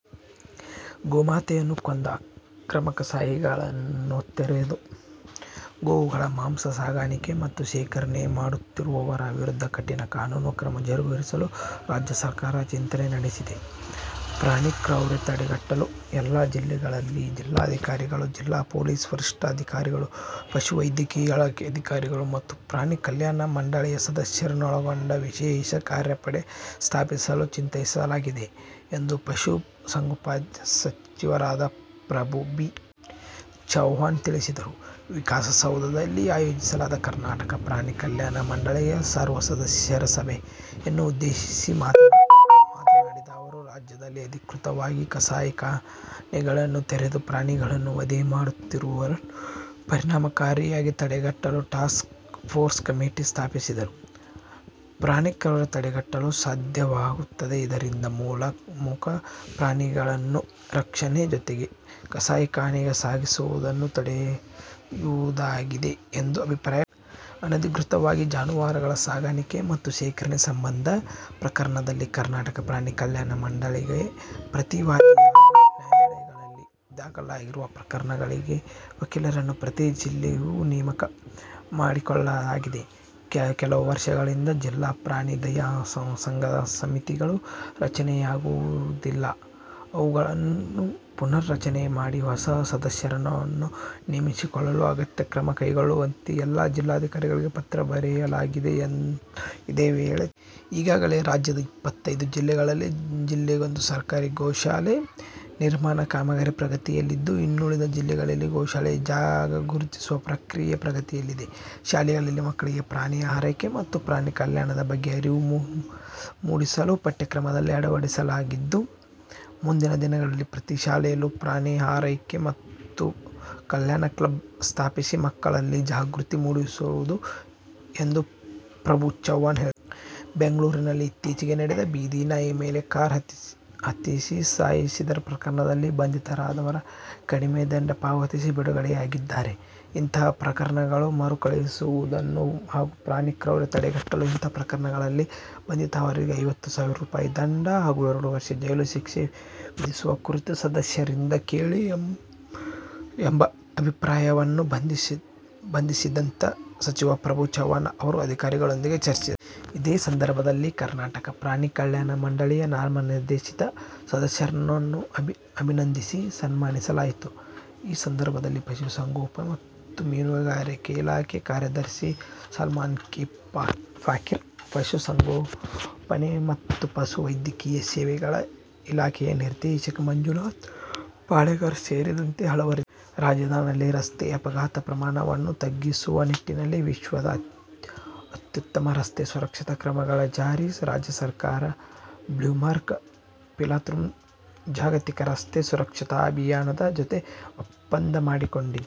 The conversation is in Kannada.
ಗೋಮಾತೆಯನ್ನು ಕೊಂದು ಅಕ್ರಮ ಕಸಾಯಿಖಾನೆಗಳನ್ನು ತೆರೆದು ಗೋವುಗಳ ಮಾಂಸ ಸಾಗಾಣಿಕೆ ಮತ್ತು ಶೇಖರಣೆ ಮಾಡುತ್ತಿರುವವರ ವಿರುದ್ಧ ಕಠಿಣ ಕಾನೂನು ಕ್ರಮ ಜರುಗಿಸಲು ರಾಜ್ಯ ಸರ್ಕಾರ ಚಿಂತನೆ ನಡೆಸಿದೆ. ಪ್ರಾಣಿ ಕ್ರೌರ್ಯ ತಡೆಗಟ್ಟಲು ಎಲ್ಲಾ ಜಿಲ್ಲೆಗಳಲ್ಲಿ ಜಿಲ್ಲಾಧಿಕಾರಿಗಳು, ಜಿಲ್ಲಾ ಪೊಲೀಸ್ ವರಿಷ್ಠಾಧಿಕಾರಿಗಳು, ಪಶು ವೈದ್ಯಕೀಯ ಇಲಾಖೆ ಅಧಿಕಾರಿಗಳು ಮತ್ತು ಪ್ರಾಣಿ ಕಲ್ಯಾಣ ಮಂಡಳಿಯ ಸದಸ್ಯರುಗಳನ್ನೊಳಗೊಂಡ ವಿಶೇಷ ಕಾರ್ಯಪಡೆ ಸ್ಥಾಪಿಸಲು ಚಿಂತಿಸಲಾಗಿದೆ ಎಂದು ಪಶು ಸಂಗೋಪನಾ ಸಚಿವರಾದ ಪ್ರಭು ಬಿ. ಚವ್ಹಾಣ್ ತಿಳಿಸಿದರು. ವಿಕಾಸಸೌಧದಲ್ಲಿ ಆಯೋಜಿಸಲಾಗಿದ್ದ ಕರ್ನಾಟಕ ಪ್ರಾಣಿ ಕಲ್ಯಾಣ ಮಂಡಳಿಯ ಸರ್ವ ಸದಸ್ಯರ ಸಭೆಯನ್ನು ಉದ್ದೇಶಿಸಿ ಮಾತನಾಡಿದ ಅವರು, ರಾಜ್ಯದಲ್ಲಿ ಅನಧಿಕೃತವಾಗಿ ಕಸಾಯಿ ಖಾನೆಗಳನ್ನು ತೆರೆದು ಪ್ರಾಣಿಗಳನ್ನು ವಧೆ ಮಾಡುತ್ತಿರುವುದನ್ನು ಪರಿಣಾಮಕಾರಿಯಾಗಿ ತಡೆಗಟ್ಟಲು ಟಾಸ್ಕ್ ಪೋರ್ಸ್ ಕಮಿಟಿ ಸ್ಥಾಪಿಸುವುದರಿಂದ ಪ್ರಾಣಿ ಕ್ರೌರ್ಯ ತಡೆಗಟ್ಟಲು ಸಾಧ್ಯವಾಗುತ್ತದೆ. ಇದರಿಂದ ಮೂಕ ಪ್ರಾಣಿಗಳನ್ನು ರಕ್ಷಣೆ ಜತೆಗೆ ಕಸಾಯಿಖಾನೆಗೆ ಸಾಗಿಸುವುದನ್ನು ತಡೆಯುವುದಾಗಿದೆ ಎಂದು ಅಭಿಪ್ರಾಯಪಟ್ಟರು. ಅನಧಿಕೃತವಾಗಿ ಜಾನುವಾರುಗಳ ಸಾಗಾಣಿಕೆ ಮತ್ತು ಶೇಖರಣೆ ಸಂಬಂಧ ಪ್ರಕರಣಗಳಲ್ಲಿ ಕರ್ನಾಟಕ ಪ್ರಾಣಿ ಕಲ್ಯಾಣ ಮಂಡಳಿಗೆ ಪ್ರತಿ ವಾದಿಯನ್ನಾಗಿ ನ್ಯಾಯಲಯಗಳಲ್ಲಿ ದಾಖಲಾಗಿರುವ ಪ್ರಕರಣಗಳಿಗೆ ವಕೀಲರುಗಳನ್ನು ಪ್ರತಿ ಜಿಲ್ಲೆಯಲ್ಲೂ ನೇಮಕ ಮಾಡಿಕೊಳ್ಳಲಾಗಿದೆ. ಹಲವು ವರ್ಷಗಳಿಂದ ಜಿಲ್ಲಾ ಪ್ರಾಣಿ ದಯಾ ಸಂಘದ ಸಮಿತಿಗಳು ರಚನೆಯಾಗಿರುವುದಿಲ್ಲ. ಅವುಗಳನ್ನು ಪುನರ್ ರಚನೆ ಮಾಡಿ ಹೊಸ ಸದಸ್ಯರುಗಳನ್ನು ನೇಮಿಸಿಕೊಳ್ಳಲು ಅಗತ್ಯ ಕ್ರಮ ಕೈಗೊಳ್ಳುವಂತೆ ಎಲ್ಲಾ ಜಿಲ್ಲಾಧಿಕಾರಿಗಳಿಗೆ ಪತ್ರ ಬರೆಯಲಾಗಿದೆ ಎಂದು ಇದೇ ವೇಳೆ ತಿಳಿಸಿದರು. ಈಗಾಗಲೇ ರಾಜ್ಯದ ಇಪ್ಪತೈದು ಜಿಲ್ಲೆಗಳಲ್ಲಿ ಜಿಲ್ಲೆಗೊಂದು ಸರ್ಕಾರಿ ಗೋಶಾಲೆಯ ನಿರ್ಮಾಣ ಕಾಮಗಾರಿ ಪ್ರಗತಿಯಲ್ಲಿದ್ದು, ಇನ್ನೂಳಿದ ಜಿಲ್ಲೆಗಳಲ್ಲಿ ಗೋಶಾಲೆಗೆ ಜಾಗ ಗುರ್ತಿಸುವ ಪ್ರಕ್ರಿಯೆ ಪ್ರಗತಿಯಲ್ಲಿದೆ. ಶಾಲೆಗಳಲ್ಲಿ ಮಕ್ಕಳಿಗೆ ಪ್ರಾಣಿ ಆರೈಕೆ ಮತ್ತು ಪ್ರಾಣಿ ಕಲ್ಯಾಣದ ಬಗ್ಗೆ ಅರಿವು ಮೂಡಿಸಲು ಪಠ್ಯಕ್ರಮದಲ್ಲಿ ಅಳವಡಿಸಲಾಗಿದ್ದು, ಮುಂದಿನ ದಿನಗಳಲ್ಲಿ ಪ್ರತಿ ಶಾಲೆಗಳಲ್ಲೂ ಪ್ರಾಣಿ ಆರೈಕೆ ಮತ್ತು ಕಲ್ಯಾಣ ಕ್ಲಬ್ ಸ್ಥಾಪಿಸಿ, ಮಕ್ಕಳಲ್ಲಿ ಜಾಗೃತಿ ಮೂಡಿಸಲಾಗುವುದು ಎಂದು ಪ್ರಭು ಚವ್ಹಾಣ್ ಹೇಳಿದರು. ಬೆಂಗಳೂರಿನಲ್ಲಿ ಇತ್ತಿಚೆಗೆ ನಡೆದ ಬೀದಿ ನಾಯಿ ಮೇಲೆ ಕಾರ್ ಹತ್ತಿಸಿ ಸಾಯಿಸಿದ ಪ್ರಕರಣದಲ್ಲಿ ಬಂಧಿತರಾದವರು ಕಡಿಮೆ ದಂಡ ಪಾವತಿಸಿ, ಬಿಡುಗಡೆಯಾಗಿದ್ದಾರೆ. ಇಂತಹ ಪ್ರಕರಣಗಳು ಮರುಕಳುಹಿಸುವುದನ್ನು ಹಾಗೂ ಪ್ರಾಣಿ ಕ್ರೌರ್ಯ ತಡೆಗಟ್ಟಲು ಇಂತಹ ಪ್ರಕರಣಗಳಲ್ಲಿ ಬಂಧಿತರಾದವರಿಗೆ ಐವತ್ತು ಸಾವಿರ ರುಪಾಯಿ ದಂಡ ಹಾಗೂ ಎರಡು ವರ್ಷ ಜೈಲು ಶಿಕ್ಷೆ ವಿಧಿಸುವ ಕುರಿತು ಸದಸ್ಯರಿಂದ ಕೇಳಿ ಬಂದ ಅಭಿಪ್ರಾಯಕ್ಕೆ ಸಂಬಂಧಿಸಿದಂತೆ ಸಚಿವ ಪ್ರಭು ಚವ್ಹಾಣ್ ಅವರು ಅಧಿಕಾರಿಗಳೊಂದಿಗೆ ಚರ್ಚಿಸಿದರು. ಇದೇ ಸಂದರ್ಭದಲ್ಲಿ ಕರ್ನಾಟಕ ಪ್ರಾಣಿ ಕಲ್ಯಾಣ ಮಂಡಳಿಯ ನಾಮನಿರ್ದೇಶಿತ ಸದಸ್ಯರುಗಳನ್ನು ಅಭಿನಂದಿಸಿ, ಸನ್ಮಾನಿಸಲಾಯಿತು. ಈ ಸಂದರ್ಭದಲ್ಲಿ ಪಶು ಸಂಗೋಪನೆ ಮತ್ತು ಮೀನುಗಾರಿಕೆ ಇಲಾಖೆ ಕಾರ್ಯದರ್ಶಿ ಸಲ್ಮಾ ಕೆ. ಫಾಹೀಮ್, ಪಶು ಸಂಗೋಪನೆ ಮತ್ತು ಪಶು ವೈದ್ಯಕೀಯ ಸೇವೆಗಳ ಇಲಾಖೆಯ ನಿರ್ದೇಶಕ ಮಂಜುನಾಥ್ ಪಾಳೆಗಾರ್ ಸೇರಿದಂತೆ ಹಲವರಿದ್ದರು. ರಾಜಧಾನಿಯಲ್ಲಿ ರಸ್ತೆ ಅಪಘಾತ ಪ್ರಮಾಣವನ್ನು ತಗ್ಗಿಸುವ ನಿಟ್ಟಿನಲ್ಲಿ ವಿಶ್ವದ ಅತ್ಯುತ್ತಮ ರಸ್ತೆ ಸುರಕ್ಷತೆ ಕ್ರಮಗಳ ಜಾರಿಗೆ ರಾಜ್ಯ ಸರ್ಕಾರ 'ಬ್ಲೂಮ್ಬರ್ಗ್ ಫಿಲಾಂತ್ರೊಫಿನ್ ಜಾಗತಿಕ ರಸ್ತೆ ಸುರಕ್ಷತಾ ಅಭಿಯಾನದ ಜತೆ ಒಪ್ಪಂದ ಮಾಡಿಕೊಂಡಿದೆ.